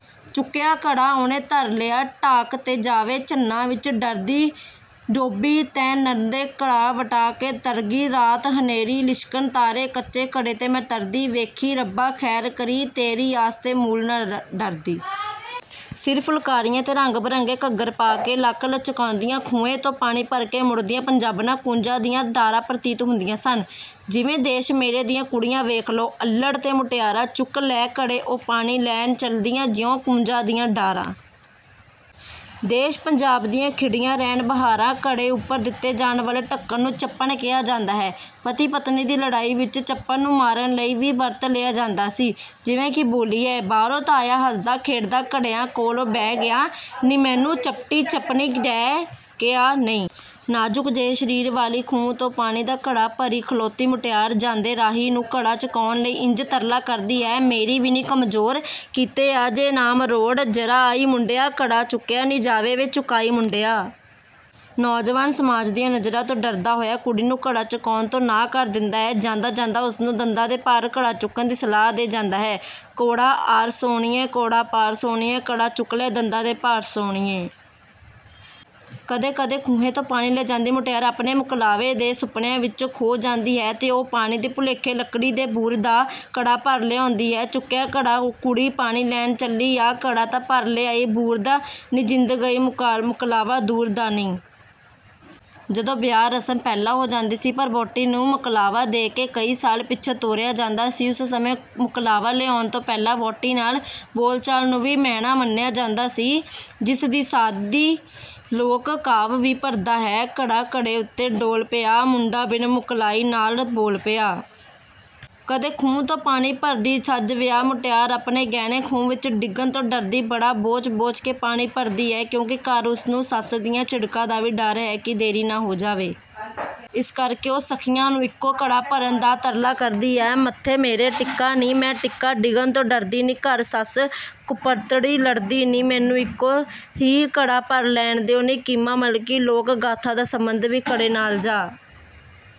ਚੁੱਕਿਆ ਘੜਾ ਓਹਨੇ ਧਰ ਲਿਆ ਢਾਕ 'ਤੇ, ਜਾਵੇ ਝਨਾਂ ਵਿੱਚ ਤਰਦੀ, ਡੋਬੀ ਤੈਂ ਨਣਦੇ ਘੜਾ ਵਟਾ ਕੇ ਧਰਗੀ। ਰਾਤ ਹਨੇਰੀ ਲਿਸ਼ਕਣ ਤਾਰੇ, ਕੱਚੇ ਘੜੇ ਤੇ ਮੈਂ ਤਰਦੀ। ਵੇਖੀਂ ਰੱਬਾ ਖ਼ੈਰ ਕਰੀਂ, ਤੇਰੀ ਆਸ ਤੇ ਮੂਲ ਨਾ ਡਰਦੀ। ਸਿਰ ਫੁਲਕਾਰੀਆਂ ਤੇ ਰੰਗ-ਬਰੰਗੇ ਘੱਗਰੇ ਪਾ ਕੇ ਲੱਕ ਲਚਕਾਉਂਦੀਆਂ ਖੂਹੇ ਤੋਂ ਪਾਣੀ ਭਰ ਕੇ ਮੁੜਦੀਆਂ ਪੰਜਾਬਣਾਂ ਕੂੰਜਾਂ ਦੀਆਂ ਡਾਰਾਂ ਪ੍ਰਤੀਤ ਹੁੰਦੀਆਂ ਸਨ। ਜਿਵੇਂ ਦੇਸ਼ ਮੇਰੇ ਦੀਆਂ ਕੁੜੀਆਂ ਵੇਖ ਲਓ, ਅੱਲ੍ਹੜ ਤੇ ਮੁਟਿਆਰਾਂ। ਚੁੱਕ ਲੈ ਘੜੇ ਉਹ ਪਾਣੀ ਲੈਣ ਚੱਲੀਆਂ, ਜਿਉਂ ਕੂੰਜਾਂ ਦੀਆਂ ਡਾਰਾਂ। ਦੇਸ਼ ਪੰਜਾਬ ਦੀਆਂ ਖਿੜੀਆਂ ਰਹਿਣ ਬਹਾਰਾਂ। ਘੜੇ ਉੱਪਰ ਦਿੱਤੇ ਜਾਣ ਵਾਲੇ ਢੱਕਣ ਨੂੰ 'ਚੱਪਣ' ਕਿਹਾ ਜਾਂਦਾ ਹੈ। ਪਤੀ-ਪਤਨੀ ਦੀ ਲੜਾਈ ਵਿੱਚ ਚੱਪਣ ਨੂੰ ਮਾਰਨ ਲਈ ਵੀ ਵਰਤ ਲਿਆ ਜਾਂਦਾ ਸੀ, ਜਿਵੇਂ ਕਿ ਬੋਲੀ ਹੈ: ਬਾਹਰੋਂ ਤਾਂ ਆਇਆ ਹੱਸਦਾ ਖੇਡਦਾ, ਘੜਿਆਂ ਕੋਲੇ ਬਹਿ ਗਿਆ ਨੀਂਮੈਨੂੰ ਚੱਪਣੀ ਚੱਪਣੀ ਡਹਿ ਗਿਆ ਨੀਂ। ਨਾਜ਼ੁਕ ਜਿਹੇ ਸਰੀਰ ਵਾਲੀ ਖੂਹ ਤੋਂ ਪਾਣੀ ਦਾ ਘੜਾ ਭਰੀ ਖਲੋਤੀ ਮੁਟਿਆਰ ਜਾਂਦੇ ਰਾਹੀ ਨੂੰ ਘੜਾ ਚੁਕਾਉਣ ਲਈ ਇੰਜ ਤਰਲਾ ਕਰਦੀ ਹੈ: ਮੇਰੀ ਵੀਣੀ ਕਮਜ਼ੋਰ, ਕਿਤੇ ਆ ਜੇ ਨਾ ਮਰੋੜ। ਜ਼ਰਾ ਆਈਂ ਮੁੰਡਿਆ। ਘੜਾ ਚੁੱਕਿਆ ਨੀਂ ਜਾਵੇ, ਵੇ ਚੁਕਾਈਂ ਮੁੰਡਿਆ। ਨੌਜਵਾਨ ਸਮਾਜ ਦੀਆਂ ਨਜ਼ਰਾਂ ਤੋਂ ਡਰਦਾ ਹੋਇਆ ਕੁੜੀ ਨੂੰ ਘੜਾ ਚੁਕਾਉਣ ਤੋਂ ਨਾਂਹ ਕਰ ਦਿੰਦਾ ਹੈ। ਜਾਂਦਾ-ਜਾਂਦਾ ਉਸ ਨੂੰ ਦੰਦਾਂ ਦੇ ਭਾਰ ਘੜਾ ਚੁੱਕਣ ਦੀ ਸਲਾਹ ਦੇ ਜਾਂਦਾ ਹੈ: ਘੋੜਾ ਆਰ ਸੋਹਣੀਏ, ਘੋੜਾ ਪਾਰ ਸੋਹਣੀਏ, ਘੜਾ ਚੁੱਕ ਲੈ, ਦੰਦਾਂ ਦੇ ਭਾਰ ਸੋਹਣੀਏ। ਕਦੇ-ਕਦੇ ਖੂਹੇ ਤੋਂ ਪਾਣੀ ਲੈ ਜਾਂਦੀ ਮੁਟਿਆਰ ਆਪਣੇ ਮੁਕਲਾਵੇ ਦੇ ਸੁਪਨਿਆਂ ਵਿੱਚ ਖੋ ਜਾਂਦੀ ਹੈ ਤੇ ਉਹ ਪਾਣੀ ਦੇ ਭੁਲੇਖੇ ਲੱਕੜੀ ਦੇ ਬੂਰ ਦਾ ਘੜਾ ਭਰ ਲਿਆਉਂਦੀ ਹੈ: ਚੁੱਕਿਆ ਘੜਾ ਕੁੜੀ ਪਾਣੀ ਲੈਣ ਚੱਲੀ ਆ, ਘੜਾ ਤਾਂ ਭਰ ਲਿਆਈ ਬੂਰ ਦਾ ਨੀਂ, ਜਿੰਦ ਗਈ ਮੁਕਲਾਵਾ ਦੂਰ ਦਾ ਨੀਂ। ਜਦੋਂ ਵਿਆਹ ਰਸਮ ਪਹਿਲਾਂ ਹੋ ਜਾਂਦੀ ਸੀ ਪਰ ਵਹੁਟੀ ਨੂੰ ਮੁਕਲਾਵਾ ਦੇ ਕੇ ਕਈ ਸਾਲ ਪਿੱਛੋਂ ਤੋਰਿਆ ਜਾਂਦਾ ਸੀ। ਉਸ ਸਮੇਂ ਮੁਕਲਾਵਾ ਲਿਆਉਣ ਤੋਂ ਪਹਿਲਾਂ ਵਹੁਟੀ ਨਾਲ ਬੋਲ-ਚਾਲ ਨੂੰ ਵੀ ਮਿਹਣਾ ਮੰਨਿਆ ਜਾਂਦਾ ਸੀ, ਜਿਸ ਦੀ ਸ਼ਾਅਦੀ ਲੋਕ-ਕਾਵਿ ਵੀ ਭਰਦਾ ਹੈ: ਘੜਾ ਘੜੇ ਦੇ ਉੱਤੇ ਡੋਲ ਪਿਆ, ਮੁੰਡਾ ਬਿਨ ਮੁਕਲਾਈ ਨਾਲ ਬੋਲ ਪਿਆ। ਕਦੇ ਖੂਹ ਤੋਂ ਪਾਣੀ ਭਰਦੀ ਸੱਜ ਵਿਆਹ ਮੁਟਿਆਰ ਆਪਣੇ ਗਹਿਣੇ ਖੂਹ ਵਿੱਚ ਡਿੱਗਣ ਤੋਂ ਡਰਦੀ ਬੜਾ ਬੋਚ-ਬੋਚ ਕੇ ਪਾਣੀ ਭਰਦੀ ਹੈ ਕਿਉਂਕਿ ਘਰ ਉਸ ਨੂੰ ਸੱਸ ਦੀਆਂ ਝਿੜਕਾਂ ਦਾ ਵੀ ਡਰ ਹੈ ਕਿ ਦੇਰੀ ਨਾ ਹੋ ਜਾਵੇ। ਇਸ ਕਰ ਕੇ ਉਹ ਸਖ਼ੀਆਂ ਨੂੰ ਇੱਕੋ ਘੜਾ ਭਰਨ ਦਾ ਤਰਲਾ ਕਰਦੀ ਹੈ:ਮੱਥੇ ਮੇਰੇ ਟਿੱਕਾ ਨੀਂ, ਮੈਂ ਟਿੱਕਾ ਡਿੱਗਣ ਤੋਂ ਡਰਦੀ ਨੀਂ, ਘਰ ਸੱਸ ਕੁਪੱਤੜੀ ਲੜਦੀ ਨੀਂ। ਮੈਨੂੰ ਇੱਕੋ ਹੀ ਘੜਾ ਭਰ ਲੈਣ ਦਿਓ ਨੀਂ। ਕੀਮਾ-ਮਲਕੀ ਲੋਕ-ਗਾਥਾ ਦਾ ਸਬੰਧ ਵੀ ਘੜੇ ਨਾਲ ਜਾ